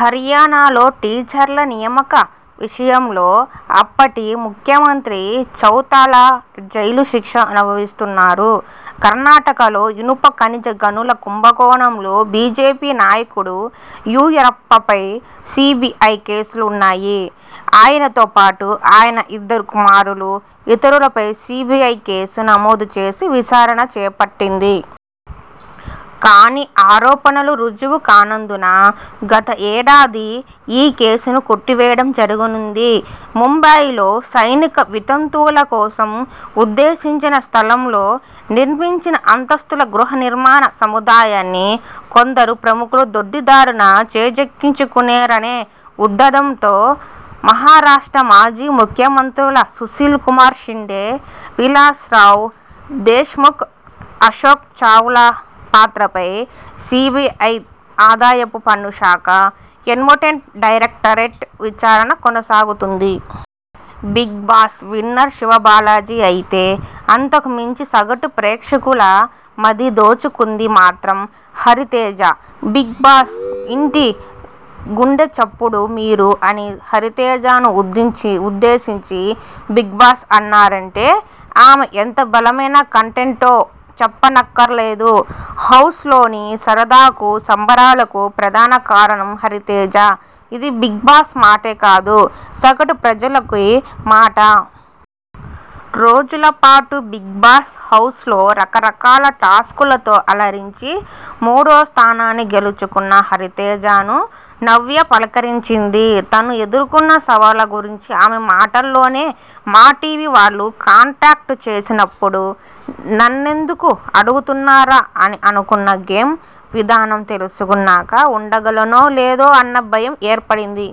హర్యానాలో టీచర్ల నియామక విషయంలో అప్పటి ముఖ్యమంత్రి చౌతాలా జైలు శిక్ష అనుభవిస్తున్నారు. కర్ణాటకలో ఇనుప ఖనిజ గనుల కుంభకోణంలో బీజేపీ నాయకుడు యడ్యూరప్పపై సీబీఐ కేసులు ఉన్నాయి. ఆయనతో పాటు ఆయన ఇద్దరు కుమారులు, ఇతరులపై సీబీఐ కేసు నమోదు చేసి విచారణ చేపట్టింది. కానీ ఆరోపణలు రుజువు కానందున గత ఏడాది ఈ కేసును కొట్టివేయడం జరిగింది. ముంబయిలో సైనిక వితంతువుల కోసం ఉద్దేశించిన స్థలంలో నిర్మించిన అంతస్తుల గృహ నిర్మాణ సముదాయాన్ని కొందరు ప్రముఖులు దొడ్డిదారిన చేజిక్కించుకున్నారనే ఉదంతం లో మహారాష్ట్ర మాజీ ముఖ్యమంత్రులు సుశీల్ కుమార్ షిండే, విలాస్రావ్ దేశ్ముఖ్, అశోక్ చవాన్ల పాత్రపై సీబీఐ, ఆదాయపు పన్ను శాఖ ఎన్పోర్స్మెంట్ డైరెక్టరేట్ విచారణ సాగుతోంది. 'Bigg Boss' winner Shivabalaji! అయితే అంతకుమించి సగటు ప్రేక్షకుల మది దోచుకుంది మాత్రం హరితేజ!! ''బిగ్బాస్' ఇంటి గుండెచప్పుడు మీరు'' అని హరితేజను ఉద్ధేశించి బిగ్బాస్ అన్నారంటే ఆమె ఎంత బలమైన కంటెస్టంటో చెప్పనక్కర్లేదు. హౌస్లోని సరదాకు, సంబరాలకు ప్రధాన కారణం హరితేజ. ఇది 'బిగ్బాస్' మాటే కాదు సగటు ప్రేక్షకుడి మాట. రోజులపాటు 'బిగ్బాస్' హౌస్లో రకరకాల టాస్క్లతో అలరించి, మూడోస్థానాన్ని గెలుచుకున్న హరితేజను 'నవ్య' పలకరించింది. తను ఎదుర్కొన్న సవాళ్ల గురించి ఆమె మాటల్లోనే 'మా' టీవీ వాళ్లు కాంటాక్ట్ చేసినప్పుడు నన్నెందుకు అడుగుతున్నారా? అని అనుకున్నా. గేమ్ విధానం తెలుసుకున్నాక ఉండగలనో లేదో అన్న భయం ఏర్పడింది.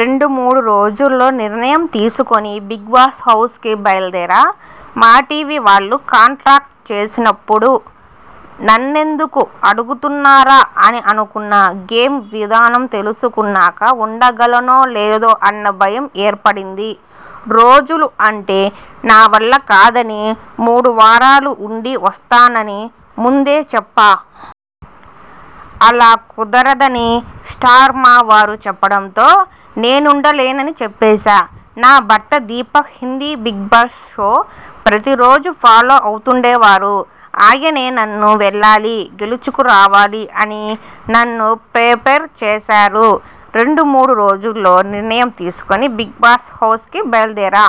రెండు మూడు రోజుల్లో నిర్ణయం తీసుకుని 'బిగ్బాస్' హౌస్కి బయలుదేరా. 'మా' టీవీ వాళ్లు కాంటాక్ట్ చేసినప్పుడు నన్నెందుకు అడుగుతున్నారా? అని అనుకున్నా. గేమ్ విధానం తెలుసుకున్నాక ఉండగలనో లేదో అన్న భయం ఏర్పడింది. రోజులు అంటే నా వల్ల కాదనీ, మూడువారాలు ఉండి వచ్చేస్తాననీ ముందే చెప్పా. అలా కుదరదని 'స్టార్ మా' వారు చెప్పడంతో నేనుండలేనని చెప్పేశా. నా భర్త దీపక్ హిందీ బిగ్బాస్ షో ప్రతి రోజూ ఫాలో అవుతుండేవారు. ఆయనే 'నువ్వు వెళ్లాలి, గెలుచుకురావాలి' అని నన్ను ప్రిపేర్ చేశారు. రెండు మూడు రోజుల్లో నిర్ణయం తీసుకుని 'బిగ్బాస్' హౌస్కి బయలుదేరా.